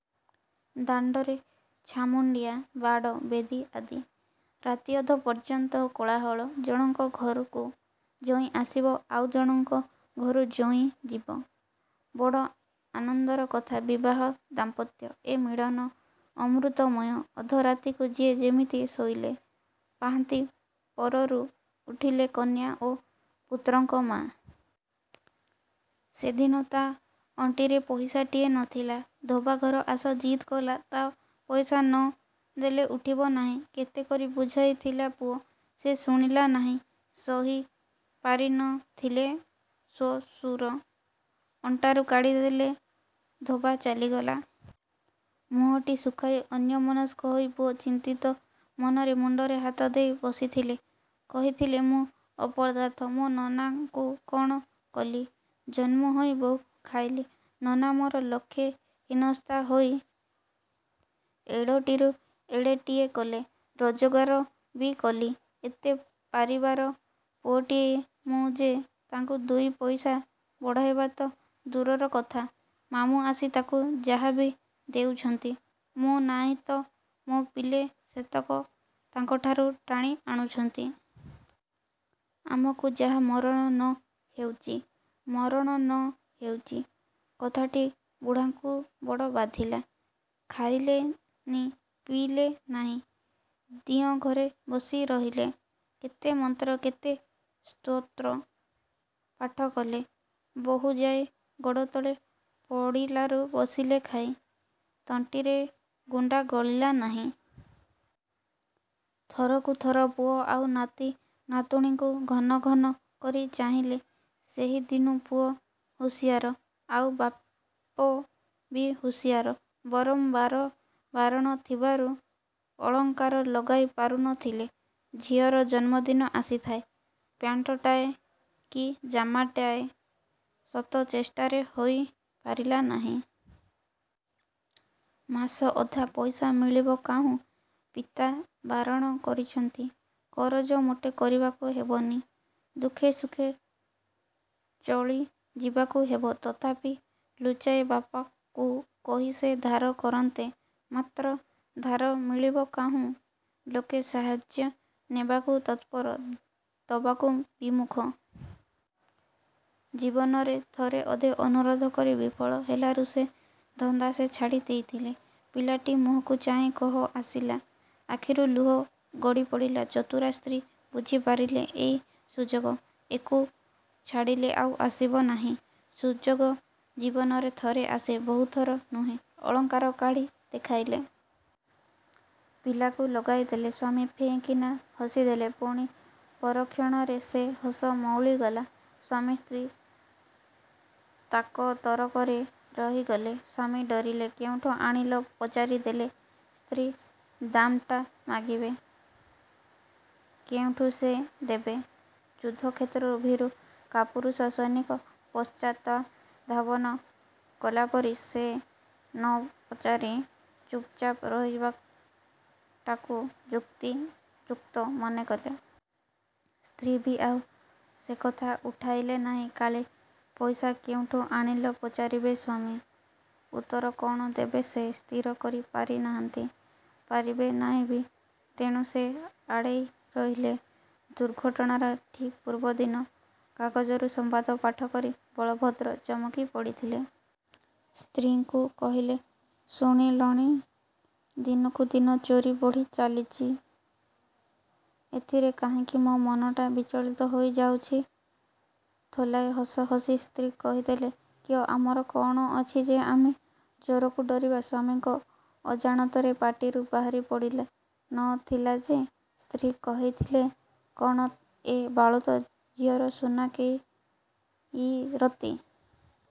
ଦାଣ୍ତରେ ଛାମୁଣ୍ତିଆ, ବାଡ଼, ବେଦୀ ଆଦି। ରାତିଅଧ ପର୍ଯ୍ୟନ୍ତ କୋଳାହଳ। ଜଣଙ୍କ ଘରକୁ ଜୋଇଁ ଆସିବ ଆଉ ଜଣଙ୍କ ଘରୁ ଜୋଇଁ ଯିବ। ବଡ଼ ଆନନ୍ଦର କଥା। ବିବାହ ଦାମ୍ପତ୍ୟ। ଏ ମିଳନ ଅମୃତମୟ। ଅଧରାତିକୁ ଯିଏ ଯେମିତି ଶୋଇଲେ। ପାହାନ୍ତି ପହରରୁ ଉଠିଲେ କନ୍ୟା ଓ ପୁତ୍ରଙ୍କ ମାତା। ସେଦିନ ତା ଅଣ୍ଟିରେ ପଇସାଟିଏ ନ ଥିଲା। ଧୋବାଘର ଆସ ଜିଦ୍ କଲା ତା ପଇସା ନ ଦେଲେ ଉଠିବ ନାହିଁ। କେତେ କରି ବୁଝାଇ ଥିଲା ପୁଅ। ସେ ଶୁଣିଲା ନାହିଁ। ସହି ପାରି ନ ଥିଲେ ଶ୍ୱଶୁର। ଅଣ୍ଟାରୁ କାଢ଼ି ଦେଲେ। ଧୋବା ଚାଲିଗଲା। ମୁହଁଟି ଶୁଖାଇ ଅନ୍ୟମନସ୍କ ହୋଇ ପୁଅ ଚିନ୍ତିତ ମନରେ ମୁଣ୍ତରେ ହାତ ଦେଇ ବସିଥିଲେ। କହିଥିଲେ—ମୁଁ ଅପଦାର୍ଥ, ମୋ ନନାଙ୍କୁ କଣ କଲି? ଜନ୍ମ ହୋଇ ବୋଉକୁ ଖାଇଲି। ନନା ମୋର ଲକ୍ଷେ ହିନସ୍ତା ହୋଇ ଏଡ଼ୋଟିରୁ ଏଡ଼େଟିଏ କଲେ। ରୋଜଗାର ବି କଲି। ଏତେ ପାରିବାର ପୁଅଟିଏ ମୁଁ ଯେ ତାଙ୍କୁ ଦୁଇ ପଇସା ବଢ଼ାଇବା ତ ଦୂରର କଥା, ମାମୁଁ ଆସି ତାଙ୍କୁ ଯାହା ବି ଦେଉଛନ୍ତି, ମୁଁ ନାହିଁ ତ ମୋ ପିଲେ ସେତକ ତାଙ୍କଠାରୁ ଟାଣି ଆଣୁଛନ୍ତି। ଆମକୁ ଯାହା ମରଣ ନ ହଉଚି। 'ମରଣ ନ ହଉଚି' କଥାଟି ବୁଢ଼ାଙ୍କୁ ବଡ଼ ବାଧିଲା। ଖାଇଲେ ନି, ପିଇଲେ ନାହିଁ। ଦିଅଁ ଘରେ ବସି ରହିଲେ। କେତେ ମନ୍ତ୍ର କେତେ ସ୍ତୋତ୍ର ପାଠ କଲେ। ବୋହୂ ଯାଇ ଗୋଡ଼ତଳେ ପଡ଼ିଲାରୁ ବସିଲେ ଖାଇ। ତଣ୍ଟିରେ ଗୁଣ୍ତା ଗଳିଲା ନାହିଁ। ଥରକୁ ଥର ପୁଅ ଆଉ ନାତି ନାତୁଣୀଙ୍କୁ ଘନ ଘନ କରି ଚାହିଁଲେ। ସେହିଦିନୁ ପୁଅ ହୁସିଆର, ଆଉ ବାପ ବି ହୁସିଆର। ବରଂ ବାର ବାରଣ ଥିବାରୁ ଅଳଙ୍କାର ଲଗାଇ ପାରୁ ନ ଥିଲେ। ଝିଅର ଜନ୍ମଦିନ ଆସିଥାଏ। ପ୍ୟାଣ୍ଟଟାଏ କି ଜାମାଟାଏ ଶତ ଚେଷ୍ଟାରେ ହୋଇ ପାରିଲା ନାହିଁ। ମାସ ଅଧା, ପଇସା ମିଳିବ କାହୁଁ? ପିତା ବାରଣ କରିଛନ୍ତି। କରଜ ମୋଟେ କରିବାକୁ ହେବନି। ଦୁଃଖେ ସୁଖେ ଚଳିଯିବାକୁ ହେବ। ତଥାପି ଲୁଚାଇ, ବାପକୁ କହି ସେ ଧାର କରନ୍ତେ। ମାତ୍ର ଧାର ମିଳିବ କାହୁଁ, ଲୋକେ ସାହାର୍ଯ୍ୟ ନେବାକୁ ତତ୍ପର, ଦବାକୁ ବିମୁଖ। ଜୀବନରେ ଥରେ ଅଧେ ଅନୁରୋଧ କରି ବିଫଳ ହେଲାରୁ ସେ ଧନ୍ଦା ସେ ଛାଡ଼ି ଦେଇଥିଲେ। ପିଲାଟି ମୁହଁକୁ ଚାହିଁ କୋହ ଆସିଲା, ଆଖିରୁ ଲୁହ ଗଡ଼ିପଡ଼ିଲା। ଚତୁରା ସ୍ତ୍ରୀ ବୁଝି ପାରିଲେ। ଏଇ ସୁଯୋଗ। ଏକୁ ଛାଡ଼ିଲେ ଆଉ ଆସିବ ନାହିଁ। ସୁଯୋଗ ଜୀବନରେ ଥରେ ଆସେ, ବହୁଥର ନୁହେଁ, ଅଳଙ୍କାର କାଢ଼ି ଦେଖାଇଲେ। ପିଲାକୁ ଲଗାଇ ଦେଲେ। ସ୍ୱାମୀ ଫେଁ କିନା ହସିଦେଲେ, ପୁଣି ପରକ୍ଷଣରେ ସେ ହସ ମଉଳିଗଲା। ସ୍ୱାମୀ, ସ୍ତ୍ରୀ ତାକତରକରେ ରହିଗଲେ। ସ୍ୱାମୀ ଡରିଲେ। କେଉଁଠୁ ଆଣିଲ ପଚାରି ଦେଲେ, ସ୍ତ୍ରୀ ଦାମ୍ଟା ମାଗିବେ, କେଉଁଠୁ ସେ ଦେବେ? ଯୁଦ୍ଧକ୍ଷେତ୍ରରୁ ଭୀରୁ କାପୁରୁଷ ସୈନିକ ପଶ୍ଚାତ୍ଧାବନ କଲାପରି, ସେ ନ ପଚାରି ଚୁପ୍ ଚାପ୍ ରହିବାଟାକୁ ଯୁକ୍ତିଯୁକ୍ତ ମନେକଲେ। ସ୍ତ୍ରୀ ବି ଆଉ ସେକଥା ଉଠାଇଲେ ନାହିଁ। କାଳେ ପଇସା କେଉଁଠୁ ଆଣିଲ ପଚାରିବେ ସ୍ୱାମୀ। ଉତ୍ତର କ'ଣ ଦେବେ ସେ ସ୍ଥିର କରି ପାରିନାହନ୍ତି। ପାରିବେ ନାହିଁ ବି। ତେଣୁ ସେ ଆଡ଼େଇ ରହିଲେ। ଦୁର୍ଘଟଣାର ଠିକ୍ ପୂର୍ବଦିନ। କାଗଜରୁ ସମ୍ବାଦ ପାଠ କରି ବଳଭଦ୍ର ଚମକି ପଡ଼ିଥିଲେ। ସ୍ତ୍ରୀଙ୍କୁ କହିଲେ—ଶୁଣିଲଣି! ଦିନକୁ ଦିନ ଚୋରି ବଢ଼ି ଚାଲିଛି। ଏଥିରେ କାହିଁକି ମୋ ମନଟା ବିଚଳିତ ହୋଇ ଯାଉଛି। ଥୋଲାଏ ହସ ହସି ସ୍ତ୍ରୀ କହିଦେଲେ—କିଓ ଆମର କଣ ଅଛି ଯେ, ଆମେ ଚୋରକୁ ଡରିବା! ସ୍ୱାମୀଙ୍କ ଅଜାଣତରେ ପାଟିରୁ ବାହାରି ପଡ଼ିଲା—ନ ଥିଲା ଯେ, ସ୍ତ୍ରୀ କହିଥିଲେ—କ'ଣ ଏ ବାଳୁତ ଝିଅର ସୁନା କେଇ ରତି?